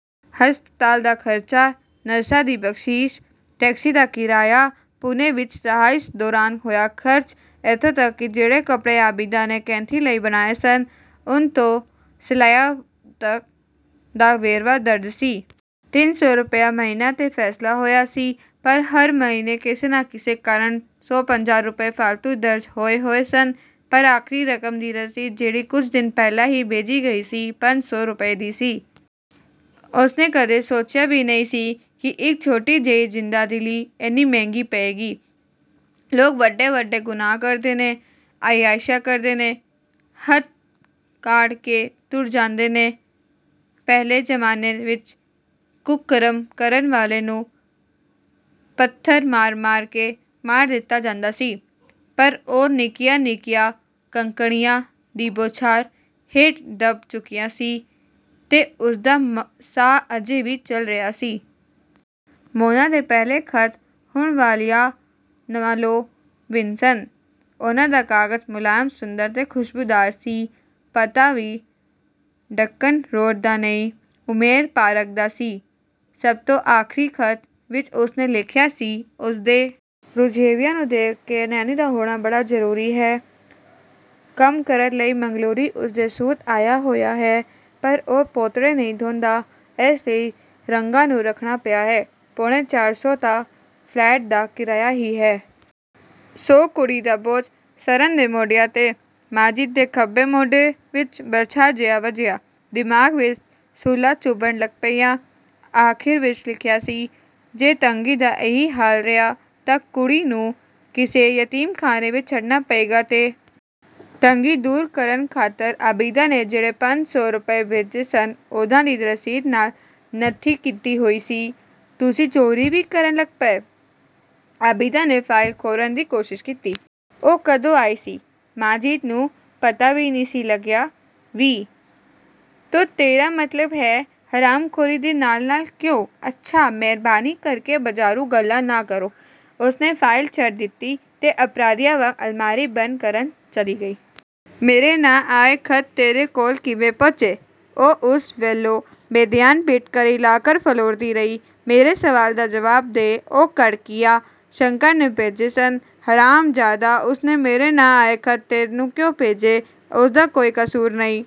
ਹਸਪਤਾਲ ਦਾ ਖਰਚਾ, ਨਰਸਾਂ ਦੀ ਬਖ਼ਸ਼ੀਸ਼, ਟੈਕਸੀ ਦਾ ਕਿਰਾਇਆ, ਪੂਨੇ ਵਿੱਚ ਰਹਾਇਸ਼ ਦੌਰਾਨ ਹੋਇਆ ਖਰਚ, ਇੱਥੋਂ ਤੱਕ ਕਿ ਜਿਹੜੇ ਕੱਪੜੇ ਆਬਿਦਾ ਨੇ ਕੈਥੀ ਲਈ ਬਣਾਏ ਸਨ, ਉੱਨ ਤੇ ਸਲਾਈਆਂ ਤੱਕ ਦਾ ਵੇਰਵਾ ਦਰਜ ਸੀ। ਤਿੰਨ ਸੌ ਰੁਪਏ ਮਹੀਨਾ 'ਤੇ ਫੈਸਲਾ ਹੋਇਆ ਸੀ, ਪਰ ਹਰ ਮਹੀਨੇ ਕਿਸੇ ਨਾ ਕਿਸੇ ਕਾਰਨ ਸੌ-ਪੰਜਾਹ ਰੁਪਏ ਫਾਲਤੂ ਦਰਜ ਹੋਏ-ਹੋਏ ਸਨ। ਪਰ ਆਖਰੀ ਰਕਮ ਦੀ ਰਸੀਦ, ਜਿਹੜੀ ਕੁਝ ਦਿਨ ਪਹਿਲਾਂ ਹੀ ਭੇਜੀ ਗਈ ਸੀ, ਪੰਜ ਸੌ ਰੁਪਏ ਦੀ ਸੀ। ਉਸਨੇ ਕਦੇ ਸੋਚਿਆ ਵੀ ਨਹੀਂ ਸੀ ਕਿ ਇੱਕ ਛੋਟੀ ਜਿਹੀ ਜ਼ਿੰਦਾਦਿਲੀ, ਇੰਨੀ ਮਹਿੰਗੀ ਪਏਗੀ। ਲੋਕ ਵੱਡੇ-ਵੱਡੇ ਗੁਨਾਹ ਕਰਦੇ ਨੇ, ਅਯਾਸ਼ੀਆਂ ਕਰਦੇ ਨੇ ਤੇ, ਹੱਥ ਝਾੜ ਕੇ ਤੁਰ ਜਾਂਦੇ ਨੇ। ਪਹਿਲੇ ਜ਼ਮਾਨੇ ਵਿੱਚ ਕੁਕਰਮ ਕਰਨ ਵਾਲੇ ਨੂੰ ਪੱਥਰ ਮਾਰ-ਮਾਰ ਕੇ ਮਾਰ ਦਿੱਤਾ ਜਾਂਦਾ ਸੀ, ਪਰ ਉਹ ਨਿੱਕੀਆਂ-ਨਿੱਕੀਆਂ ਕੰਕੜੀਆਂ ਦੀ ਬੌਛਾਰ ਹੇਠ ਦਬ ਚੁੱਕਿਆ ਸੀ ਤੇ ਉਸਦਾ ਸਾਹ ਅਜੇ ਵੀ ਚੱਲ ਰਿਹਾ ਸੀ। ਮੋਨਾ ਦੇ ਪਹਿਲੇ ਖ਼ਤ ਹੁਣ ਵਾਲਿਆਂ ਨਾਲੋਂ ਭਿੰਨ ਸਨ। ਉਹਨਾਂ ਦਾ ਕਾਗਜ਼ ਮੁਲਾਇਮ, ਸੁੰਦਰ ਤੇ ਖੁਸ਼ਬੂਦਾਰ ਸੀ। ਪਤਾ ਵੀ ਡੰਕਨ ਰੋਡ ਦਾ ਨਹੀਂ, ਉਮੈਰ ਪਾਰਕ ਦਾ ਸੀ। ਸਭ ਤੋਂ ਆਖਰੀ ਖ਼ਤ ਵਿੱਚ ਉਸਨੇ ਲਿਖਿਆ ਸੀ।"ਉਸਦੇ ਰੁਝੇਵਿਆਂ ਨੂੰ ਦੇਖ ਕੇ ਨੇਨੀ ਦਾ ਹੋਣਾ ਬੜਾ ਜ਼ਰੂਰੀ ਹੈ। ਕੰਮ ਕਰਨ ਲਈ ਮੰਗਲੋਰੀ ਉਸਦੇ ਸੂਤ ਆਇਆ ਹੋਇਆ ਹੈ, ਪਰ ਉਹ ਪੋਤੜੇ ਨਹੀਂ ਧੋਂਦਾ। ਇਸ ਲਈ ਗੰਗਾ ਨੂੰ ਰੱਖਣਾ ਪਿਆ ਹੈ। ਪੌਣੇ ਚਾਰ ਸੌ ਤਾਂ ਫਲੈਟ ਦਾ ਕਿਰਾਇਆ ਹੀ ਹੈ। ਸੋ ਕੁੜੀ ਦਾ ਬੋਝ ਸਰਨ ਦੇ ਮੋਢਿਆਂ 'ਤੇ" ਮਾਜਿਦ ਦੇ ਖੱਬੇ ਮੋਢੇ ਵਿੱਚ ਬਰਛਾ ਜਿਹਾ ਵੱਜਿਆ। ਦਿਮਾਗ਼ ਵਿੱਚ ਸੂਲਾਂ ਚੁਭਣ ਲੱਗ ਪਈਆਂ। ਆਖਿਰ ਵਿੱਚ ਲਿਖਿਆ ਸੀ। 'ਜੇ ਤੰਗੀ ਦਾ ਇਹੀ ਹਾਲ ਰਿਹਾ ਤਾਂ ਕੁੜੀ ਨੂੰ ਕਿਸੇ ਯਤੀਮਖਾਨੇ ਵਿੱਚ ਛੱਡਨਾ ਪਏਗਾ।'ਤੇ ਤੰਗੀ ਦੂਰ ਕਰਨ ਖਾਤਰ ਆਬਿਦਾ ਨੇ ਜਿਹੜੇ ਪੰਜ ਸੌ ਰੁਪਏ ਭੇਜੇ ਸਨ, ਉਹਨਾਂ ਦੀ ਰਸੀਦ ਨਾਲ ਨੱਥੀ ਕੀਤੀ ਹੋਈ ਸੀ। "ਤੁਸੀਂ ਚੋਰੀ ਵੀ ਕਰਨ ਲੱਗ ਪਏ?" ਆਬਿਦਾ ਨੇ ਫਾਈਲ ਖੋਹਣ ਦੀ ਕੋਸ਼ਿਸ਼ ਕੀਤੀ। ਉਹ ਕਦੋਂ ਆਈ ਸੀ, ਮਾਜਿਦ ਨੂੰ ਪਤਾ ਵੀ ਨਹੀਂ ਸੀ ਲੱਗਿਆ। "'ਵੀ' ਤੋਂ ਤੇਰਾ ਮਤਲਬ ਹੈ, ਹਰਾਮਖੋਰੀ ਦੇ ਨਾਲ-ਨਾਲ, ਕਿਉਂ?" "ਅੱਛਾ, ਮਿਹਰਬਾਨੀ ਕਰਕੇ ਬਾਜ਼ਾਰੂ ਗੱਲਾਂ ਨਾ ਕਰੋ।" ਉਸਨੇ ਫਾਈਲ ਛੱਡ ਦਿੱਤੀ ਤੇ ਅਪਰਾਧੀਆਂ ਵਾਂਗ ਅਲਮਾਰੀ ਬੰਦ ਕਰਨ ਚਲੀ ਗਈ। "ਮੇਰੇ ਨਾਂ ਆਏ ਖ਼ਤ ਤੇਰੇ ਕੋਲ ਕਿਵੇਂ ਪਹੁੰਚੇ?" ਉਹ ਉਸ ਵੱਲੋਂ ਬੇਧਿਆਨ, ਪਿੱਠ ਕਰੀ, ਲਾਕਰ ਫਰੋਲਦੀ ਰਹੀ। "ਮੇਰੇ ਸਵਾਲ ਦਾ ਜਵਾਬ ਦੇ," ਉਹ ਕੜਕਿਆ। "ਸ਼ੰਕਰ ਨੇ ਭੇਜੇ ਸਨ।" "ਹਰਾਮਜ਼ਾਦਾ, ਉਸਨੇ ਮੇਰੇ ਨਾਂ ਆਏ ਖ਼ਤ ਤੈਨੂੰ ਕਿਉਂ ਭੇਜੇ?" "ਉਸਦਾ ਕੋਈ ਕਸੂਰ ਨਹੀਂ।